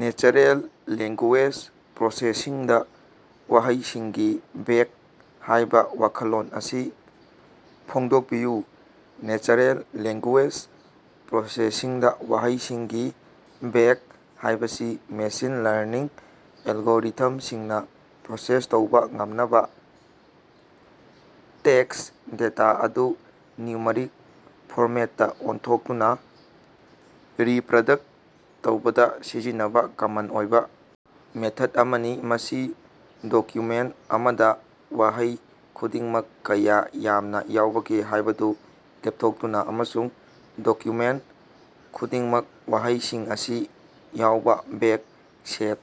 Natural language ꯄ꯭ꯔꯣꯁꯦꯁꯤꯡꯗꯥ ꯋꯥꯍꯩꯁꯤꯡꯒꯤ bag ꯍꯥꯏꯕ ꯋꯥꯈꯜꯂꯣꯟ ꯑꯁꯤ ꯐꯣꯡꯗꯣꯛꯄꯤꯌꯨ꯫ ꯅꯦꯆꯔꯦꯜ ꯂꯦꯡꯒꯨꯌꯦꯖ ꯄ꯭ꯔꯣꯁꯦꯁꯤꯡ ꯗꯥ ꯋꯥꯍꯩꯁꯤꯡꯒꯤ ꯕꯦꯒ ꯍꯥꯏꯕꯁꯤ ꯃꯦꯁꯤꯟ ꯂꯔꯅꯤꯡ ꯑꯦꯜꯒꯣꯔꯤꯊꯝꯁꯤꯡꯅ ꯄ꯭ꯔꯣꯁꯦꯁ ꯇꯧꯕ ꯉꯝꯅꯕ ꯇꯦꯛꯁ ꯗꯦꯇꯥ ꯑꯗꯨ ꯅ꯭ꯌꯨꯃꯔꯤꯛ ꯐꯣꯔꯃꯦꯠꯇꯥ ꯑꯣꯟꯊꯣꯛꯇꯨꯅ ꯔꯤꯄꯔꯗꯛ ꯇꯧꯕꯗ ꯁꯤꯖꯤꯟꯅꯕ ꯀꯃꯟ ꯑꯣꯏꯕ ꯃꯦꯊꯗ ꯑꯃꯅꯤ꯫ ꯃꯁꯤ ꯗꯣꯀ꯭ꯌꯨꯃꯦꯟ ꯑꯃꯗ ꯋꯥꯍꯩ ꯈꯨꯗꯤꯡꯃꯛ ꯀꯌꯥ ꯌꯥꯝꯅ ꯌꯥꯎꯕꯒꯦ ꯍꯥꯏꯕꯗꯨ ꯂꯦꯞꯊꯣꯛꯇꯨꯅ, ꯑꯃꯁꯨꯡ ꯗꯣꯀ꯭ꯌꯨꯃꯦꯟ ꯈꯨꯗꯤꯡꯃꯛ ꯋꯥꯍꯩꯁꯤꯡ ꯑꯁꯤ ꯌꯥꯎꯕꯥ ꯕꯦꯒ ꯁꯦꯠ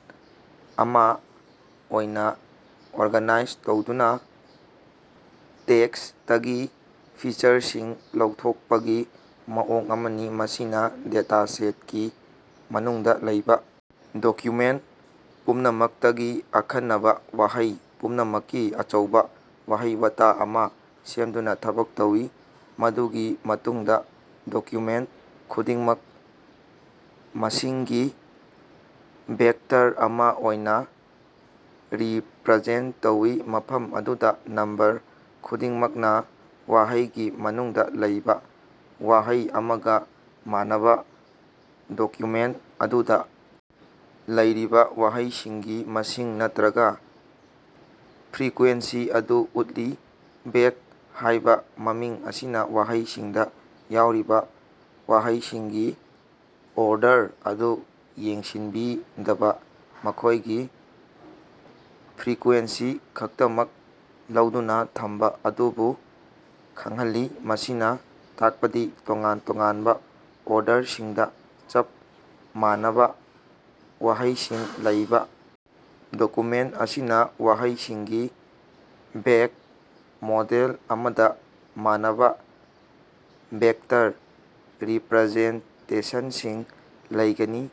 ꯑꯃꯥ ꯑꯣꯏꯅꯥ ꯑꯣꯔꯒꯥꯅꯥꯏꯖ ꯇꯧꯗꯨꯅ ꯇꯦꯛꯁꯇꯒꯤ ꯐꯤꯆꯔꯁꯤꯡ ꯂꯧꯊꯣꯛꯄꯒꯤ ꯃꯑꯣꯡ ꯑꯃꯅꯤ꯫ ꯃꯁꯤꯅ ꯗꯦꯇꯥꯁꯦꯠꯀꯤ ꯃꯅꯨꯡꯗ ꯂꯩꯕꯥ ꯗꯣꯀ꯭ꯌꯨꯃꯦꯟ ꯄꯨꯝꯅꯃꯛꯇꯒꯤ ꯑꯈꯟꯅꯕ ꯋꯥꯍꯩ ꯄꯨꯝꯅꯃꯛꯀꯤ ꯑꯆꯧꯕ ꯋꯥꯍꯩ-ꯋꯥꯇꯥ ꯑꯃꯥ ꯁꯦꯝꯗꯨꯅ ꯊꯕꯛ ꯇꯧꯏ, ꯃꯗꯨꯒꯤ ꯃꯇꯨꯡꯗ ꯗꯣꯀ꯭ꯌꯨꯃꯦꯟ ꯈꯨꯗꯤꯡꯃꯛ ꯃꯁꯤꯡꯒꯤ ꯚꯦꯛꯇꯔ ꯑꯃꯥ ꯑꯣꯏꯅꯥ ꯔꯤꯄꯔꯖꯦꯟ ꯇꯧꯏ, ꯃꯐꯝ ꯑꯗꯨꯗ ꯅꯝꯕꯔ ꯈꯨꯗꯤꯡꯃꯛꯅ ꯋꯥꯍꯩꯒꯤ ꯃꯅꯨꯡꯗ ꯂꯩꯕꯥ ꯋꯥꯍꯩ ꯑꯃꯒ ꯃꯥꯟꯅꯕ ꯗꯣꯀ꯭ꯌꯨꯃꯦꯟ ꯑꯗꯨꯗꯥ ꯂꯩꯔꯤꯕ ꯋꯥꯍꯩꯁꯤꯡꯒꯤ ꯃꯁꯤꯡ ꯅꯠꯇꯔꯒ ꯐ꯭ꯔꯤꯀ꯭ꯋ‌ꯦꯟꯁꯤ ꯑꯗꯨ ꯎꯠꯂꯤ꯫ ꯕꯦꯒ ꯍꯥꯏꯕ ꯃꯃꯤꯡ ꯑꯁꯤꯅ ꯋꯥꯍꯩꯁꯤꯡꯗ ꯌꯥꯎꯔꯤꯕ ꯋꯥꯍꯩꯁꯤꯡꯒꯤ ꯑꯣꯔꯗꯔ ꯑꯗꯨ ꯌꯦꯡꯁꯤꯟꯕꯤꯗꯕ, ꯃꯈꯣꯏꯒꯤ ꯐ꯭ꯔꯤꯀ꯭ꯋ‌ꯦꯟꯁꯤ ꯈꯛꯇꯃꯛ ꯂꯧꯗꯨꯅ ꯊꯝꯕ ꯑꯗꯨꯕꯨ ꯈꯪꯍꯜꯂꯤ꯫ ꯃꯁꯤꯅ ꯇꯥꯛꯄꯗꯤ ꯇꯣꯉꯥꯟ ꯇꯣꯉꯥꯟꯕ ꯑꯣꯔꯗꯔꯁꯤꯡꯗ ꯆꯞ ꯃꯥꯟꯅꯕ ꯋꯥꯍꯩꯁꯤꯡ ꯂꯩꯕ ꯗꯣꯀꯨꯃꯦꯟ ꯑꯅꯤꯅ ꯋꯥꯍꯩꯁꯤꯡꯒꯤ ꯕꯦꯒ ꯃꯣꯗꯦꯜ ꯑꯃꯗ ꯃꯥꯟꯅꯕ ꯚꯦꯛꯇꯔ ꯔꯤꯄꯔꯖꯦꯟꯇꯦꯁꯟꯁꯤꯡ ꯂꯩꯒꯅꯤ꯫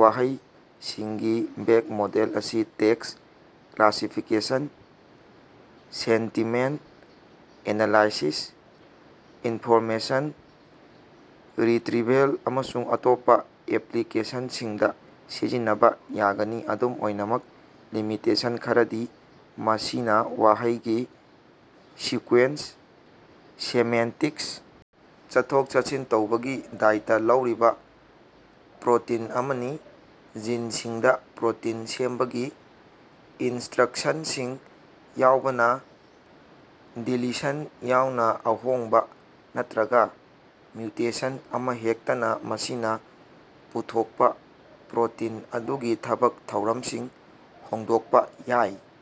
ꯋꯥꯍꯩꯁꯤꯡꯒꯤ ꯕꯦꯒ ꯃꯣꯗꯦꯜ ꯑꯁꯤ text classification, sentiment analysis, information retrieval ꯑꯃꯁꯨꯡ ꯑꯇꯣꯞꯄ ꯑꯦꯄꯂꯤꯀꯦꯁꯟꯁꯤꯡꯗꯥ ꯁꯤꯖꯤꯟꯅꯕ ꯌꯥꯒꯅꯤ꯫ ꯑꯗꯨꯝ ꯑꯣꯏꯅꯃꯛ, ꯂꯤꯃꯤꯇꯦꯁꯟ ꯈꯔꯗꯤ ꯃꯁꯤꯅꯥ ꯋꯥꯍꯩꯒꯤ ꯁꯤꯀ꯭ꯋ‌ꯦꯟꯁ, ꯁꯦꯃꯦꯟꯇꯤꯛꯁ ꯆꯠꯊꯣꯛ-ꯆꯠꯁꯤꯟ ꯇꯧꯕꯒꯤ ꯗꯥꯏꯇ ꯂꯧꯔꯤꯕꯥ ꯄ꯭ꯔꯣꯇꯤꯟ ꯑꯃꯅꯤ꯫ ꯖꯤꯟꯁꯤꯡꯗ ꯄ꯭ꯔꯣꯇꯤꯟ ꯁꯦꯝꯕꯒꯤ ꯏꯟꯁ꯭ꯇꯔꯛꯁꯟꯁꯤꯡ ꯌꯥꯎꯕꯅ, ꯗꯤꯂꯤꯁꯟ ꯌꯥꯎꯅ ꯑꯍꯣꯡꯕ ꯅꯠꯇꯔꯒ ꯃ꯭ꯌꯨꯇꯦꯁꯟ ꯑꯃꯍꯦꯛꯇꯅ ꯃꯁꯤꯅ ꯄꯨꯊꯣꯛꯄꯥ ꯄ꯭ꯔꯣꯇꯤꯟ ꯑꯗꯨꯒꯤ ꯊꯕꯛ ꯊꯧꯔꯝꯁꯤꯡ ꯍꯣꯡꯗꯣꯛꯄ ꯌꯥꯏ꯫